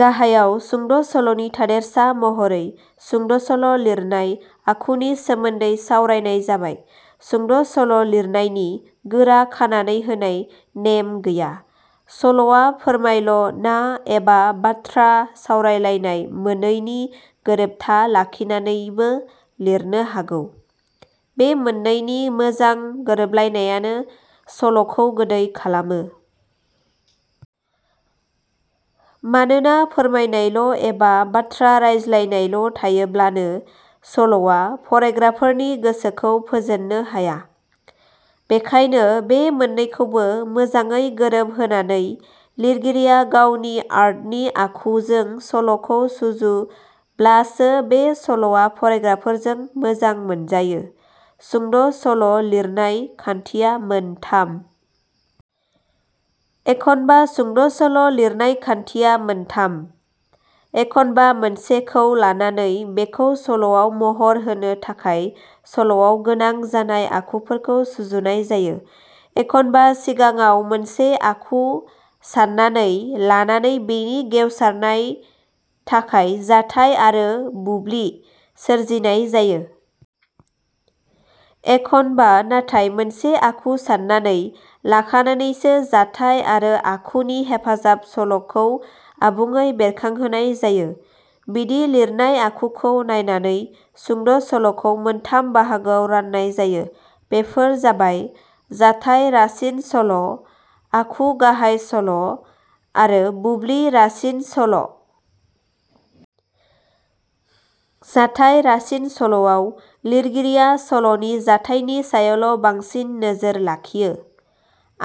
गाहायाव सुंद' सल'नि थादेरसा महरै सुंद' सल' लिरनाय आखुनि सोमोन्दै सावरायनाय जाबाय- सुंद' सल' लिरनायनि गोरा खानानै होनाय नेम गैया। सल'आ फोरमायल' ना एबा बाथ्रा सावरायलायनाय मोनैनि गोरोबथा लाखिनानैबो लिरनो हागौ। बे मोननैनि मोजां गोरोबलायनायानो सल 'खौ गोदै खालामो। मानोना फोरमायनायल' एबा बाथ्रा रायज्लायनायल' थायोब्लानो सल'आ फरायग्राफोरनि गोसोखौ फोजोननो हाया। बेखायनो बे मोननैखौबो मोजाङै गोरोब होनानै लिरगिरिया गावनि आर्टनि आखुजों सल 'खौ सुजुब्लासो बे सल'आ फरायग्राफोरजों मोजां मोनजायो। सुंद' सल' लिरनाय खान्थिया मोनथाम। एखनबा सुंद' सल' लिरनाय खान्थिया मोनथाम। एखनबा मोनसे खौ लानानै बेखौ सल'आव महर होनो थाखाय सल 'वाव गोनां गोनां आखुफोरखौ सुजुनाय जायो, एखनबा सिगाङाव मोनसे आखु साननानै लानानै बेनि गेवसारनाय थाखाय जाथाय आरो बुब्लि सोरजिनाय जायो। एखनबा नाथाय मोनसे आखु साननानै लाखानानैसो जाथाय आरो आखुनि हेफाजाब सल'खौ आबुङै बेरखांहोनाय जायो। बिदि लिरनाय आखुखौ नायनानै सुंद' सल 'खौ मोनथाम बाहागोआव राननाय जायो, बेफोर जाबाय- जाथाय रासिन सल', आखु गाहाय सल' आरो बुब्लि रासिन सल'। जाथाय रासिन सल 'वाव लिरगिरिया सल नि जाथायनि सायावल' बांसिन नोजोर लाखियो,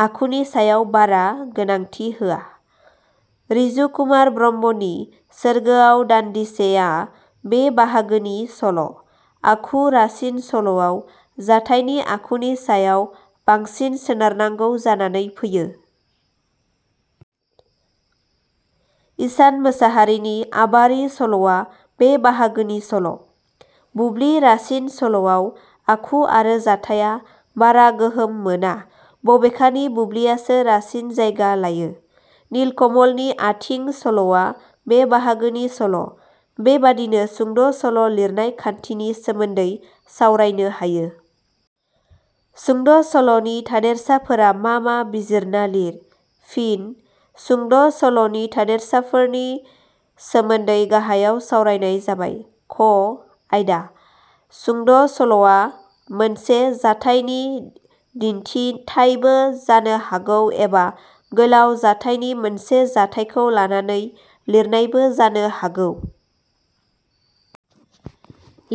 आखुनि सायाव बारा गोनांथि होआ। रिजु कुमार ब्रहमनि "सोरगोआव दान्दिसे"आ बे बाहागोनि सल'। आखु रासिन सल'वाव जाथायनि आखुनि सायाव बांसिन सोनारनांगौ जानानै फैयो। इसान मसाहारिनि "आबारि" सल 'वा वे बाहागोनि सल'। बुब्लि रासिन सल'वाव आखु आरो जाथाया बारा गोहोम मोना, बबेखानि बुब्लियासो रासिन जायगा लायो। निलकमलनि" आथिं" सल 'वा बे बाहागोनि सल'। बेबादिनो सुंद' सल' लिरनाय खान्थिनि सोमोन्दै सावरायनो हायो। सुंद' सल 'नि थादेरसाफोरा मा मा बिजिरना लिर। फिन: सुंद' सल'नि थादेरसाफोरनि सोमोन्दै गाहायाव सावरायनाय जाबाय- क आयदा: सुंद' सल'वा मोनसे जाथायनि दिन्थिथायबो जानो हागौ एबा गोलाउ जाथायनि मोनसे जाथायखौ लानानै लिरनायबो जानो हागौ।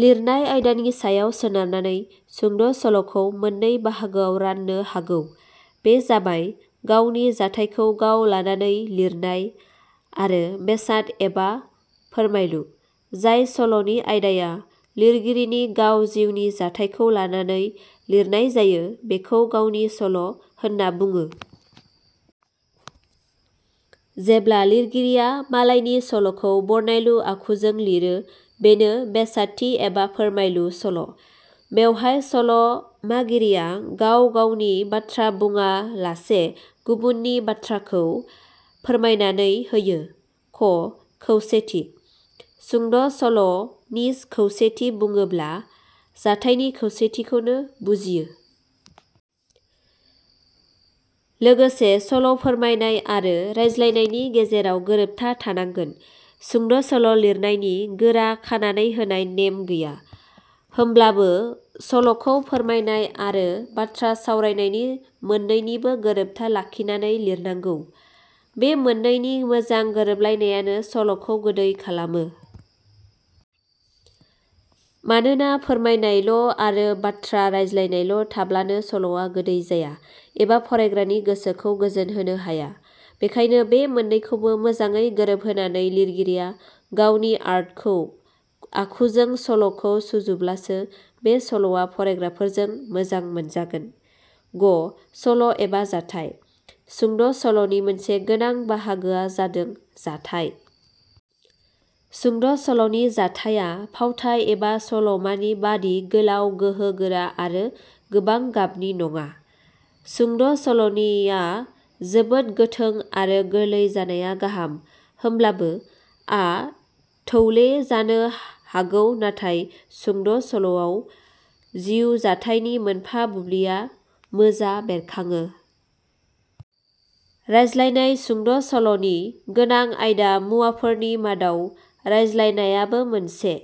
लिरनाय आयदानि सायाव सोनारनानै सुंद' सल'खौ मोननै बाहागोआव राननो हागौ, बे जाबाय-गावनि जाथायखौ गाव जानानै लिरनाय आरो बेसाद एबा फोरमायलु। जाय सल'नि आयदाया लिरगिरिनि गाव जिउनि जाथायखौ लानानै लिरनाय जायो बेखौ गावनि सल' होनना बुङो। जेब्ला लिरगिरिया मालायनि सल'खौ बरनायलु आखुजों लिरो बेनो बेसादथि एबा फोरमायलु सल'। बेवहाय सल 'मागिरिया गाव गावनि बाथ्रा बुङालासे गुबुननि बाथ्राखौ फोरमायनानै होयो। ख खौसेथि: सुंद' सल 'नि खौसेथि बुङोब्ला जाथायनि खौसेथिखौनो बुजियो। लोगोसे सल' फोरमायनाय आरो रायज्लायनायनि गेजेराव गोरोबथा थानांगोन। सुंद' सल' लिरनायनि गोरा खानानै होनाय नेम गैया। होमब्लाबो सल 'खौ फोरमायनाय आरो बाथ्रा सावरायनायनि मोननैनिबो गोरोबथा लाखिनानै लिरनांगौ। बे मोननैनि मोजां गोरोबलायनायानो सल 'खौ गोदै खालामो। मानोना फोरमायनायल' आरो बाथ्रा रायज्लायनायल' थाब्लानो सल'आ गोदै जाया एबा फरायग्रानि गोसोखौ गोजोनहोनो हाया। बेखायनो बे मोननैखौबो मोजाङै गोरोबहोनानै लिरगिरिया गावनि आर्टखौ आखुजों सल'खौ सुजुब्लासो बे सल'आ फरायग्राफोरजों मोजां मोनजागोन। ग सल' एबा जाथाइ: सुंद' सल'नि मोनसे गोनां बाहागोआ जादों जाथाइ। सुंद' सल 'नि जाथाइया फावथाइ एबा सल 'मानि बादि गोलाव गोहो गोरा आरो गोबां गाबनि नङा। सुंद' सल'नि आ जोबोद गोथों आरो गोरलै जानाया गाहाम। होमब्लाबो आ थौले जानो हागौ नाथाय सुंद' सल'आव जिउ जाथाइनि मोनफा बुब्लिया मोजा बेरखाङो। रायज्लायनाय: सुंद' सल 'नि गोनां आयदा मुवाफोरनि मादाव रायज्लायनायाबो मोनसे।